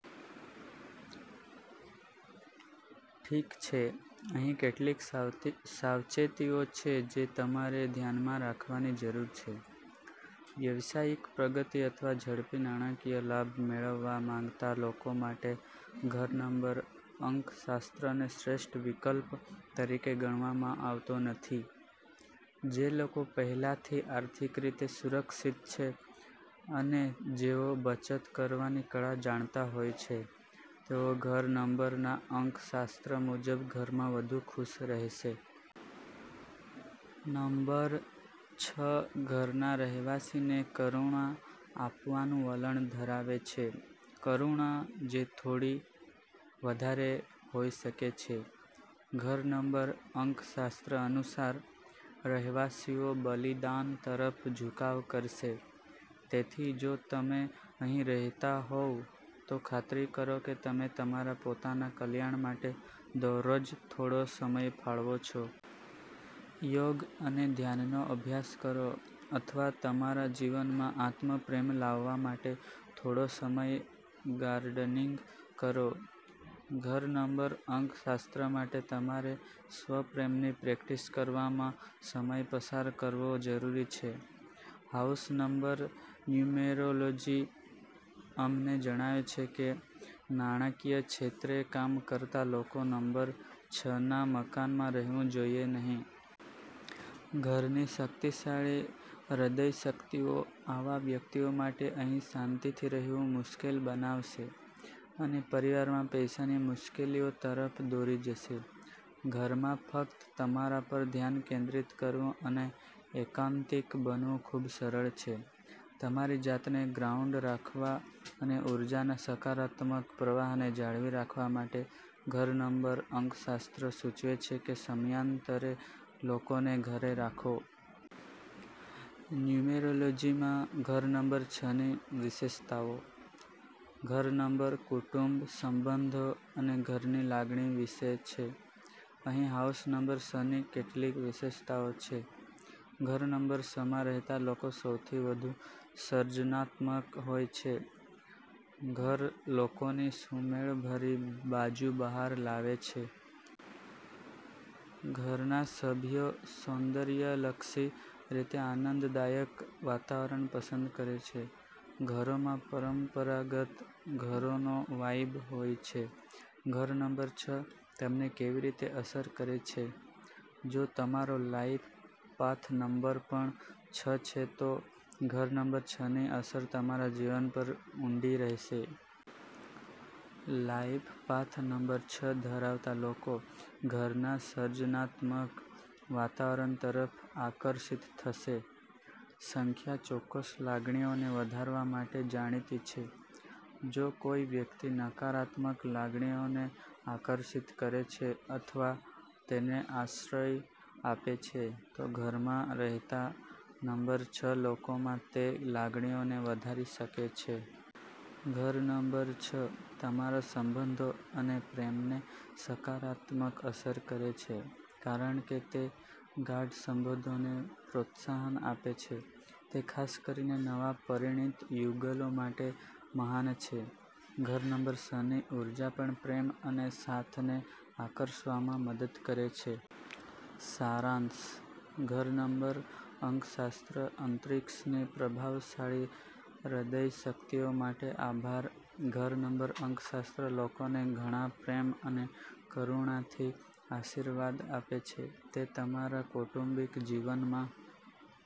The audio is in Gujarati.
ઠીક છે, અહીં કેટલીક સાવચેતીઓ છે જે તમારે ધ્યાનમાં રાખવાની જરૂર છે. વ્યવસાયિક પ્રગતિ અથવા ઝડપી નાણાકીય લાભ મેળવવા માંગતા લોકો માટે ઘર નંબર અંકશાસ્ત્રને શ્રેષ્ઠ વિકલ્પ તરીકે ગણવામાં આવતો નથી. જે લોકો પહેલાથી આર્થિક રીતે સુરક્ષિત છે અને જેઓ બચત કરવાની કળા જાણતા હોય છે, તેઓ ઘર નંબરના અંકશાસ્ત્ર મુજબ ઘરમાં વધુ ખુશ રહેશે. નંબર છ ઘરના રહેવાસીને કરુણા આપવાનું વલણ ધરાવે છે, કરુણા જે થોડી વધારે હોઈ શકે છે. ઘર નંબર અંકશાસ્ત્ર અનુસાર, રહેવાસીઓ બલિદાન તરફ ઝુકાવ કરશે. તેથી જો તમે અહીં રહેતા હોવ, તો ખાતરી કરો કે તમે તમારા પોતાના કલ્યાણ માટે દરરોજ થોડો સમય ફાળવો છો. યોગ અને ધ્યાનનો અભ્યાસ કરો અથવા તમારા જીવનમાં આત્મ-પ્રેમ લાવવા માટે થોડો સમય ગાર્ડનિંગ કરો. ઘર નંબર અંકશાસ્ત્ર માટે તમારે સ્વ-પ્રેમની પ્રેક્ટિસ કરવામાં સમય પસાર કરવો જરૂરી છે. હાઉસ નંબર ન્યુમેરોલોજી અમને જણાવે છે કે નાણાંકીય ક્ષેત્રે કામ કરતા લોકો નંબર છના મકાનમાં રહેવું જોઈએ નહીં. ઘરની શક્તિશાળી હ્રદય શક્તિઓ આવા વ્યક્તિઓ માટે અહીં શાંતિથી રહેવું મુશ્કેલ બનાવશે, અને પરિવારમાં પૈસાની મુશ્કેલીઓ તરફ દોરી જશે. ઘરમાં ફક્ત તમારા પર ધ્યાન કેન્દ્રિત કરવું અને એકાંતિક બનવું ખૂબ સરળ છે. તમારી જાતને ગ્રાઉન્ડ રાખવા અને ઉર્જાના સકારાત્મક પ્રવાહને જાળવી રાખવા માટે, ઘર નંબર અંકશાસ્ત્ર સૂચવે છે કે સમયાંતરે લોકોને ઘરે રાખો. ન્યુમેરોલોજીમાં ઘર નંબર છની વિશેષતાઓ. ઘર નંબર કુટુંબ, સંબંધો અને ઘરની લાગણી વિશે છે. અહીં હાઉસ નંબર છની કેટલીક વિશેષતાઓ છે. ઘર નંબર છમાં રહેતા લોકો સૌથી વધુ સર્જનાત્મક હોય છે. ઘર લોકોની સુમેળભરી બાજુ બહાર લાવે છે. ઘરના સભ્યો સૌંદર્યલક્ષી રીતે આનંદદાયક વાતાવરણ પસંદ કરે છે. ઘરોમાં પરંપરાગત ઘરોનો વાઇબ હોય છે. ઘર નંબર છ તમને કેવી રીતે અસર કરે છે? જો તમારો લાઈફ પાથ નંબર પણ છ છે તો ઘર નંબર છની અસર તમારા જીવન પર ઊંડી રહેશે. લાઈફ પાથ નંબર છ ધરાવતા લોકો ઘરના સર્જનાત્મક વાતાવરણ તરફ આકર્ષિત થશે. સંખ્યા ચોક્કસ લાગણીઓને વધારવા માટે જાણીતી છે. જો કોઈ વ્યક્તિ નકારાત્મક લાગણીઓને આકર્ષિત કરે છે અથવા તેને આશ્રય આપે છે, તો ઘરમાં રહેતા, નંબર છ લોકોમાં તે લાગણીઓને વધારી શકે છે. ઘર નંબર છ તમારા સંબંધો અને પ્રેમને સકારાત્મક અસર કરે છે, કારણ કે તે ગાઢ સંબંધોને પ્રોત્સાહન આપે છે. તે ખાસ કરીને નવા પરિણીત યુગલો માટે મહાન છે. ઘર નંબર છની ઉર્જા પણ પ્રેમ અને સાથને આકર્ષવામાં મદદ કરે છે. સારાંશ. ઘર નંબર અંકશાસ્ત્ર અંતરિક્ષની પ્રભાવશાળી હૃદય શક્તિઓ માટે આભાર, ઘર નંબર અંકશાસ્ત્ર લોકોને ઘણા પ્રેમ અને કરુણાથી આશીર્વાદ આપે છે. તે તમારા કૌટુંબિક જીવનમાં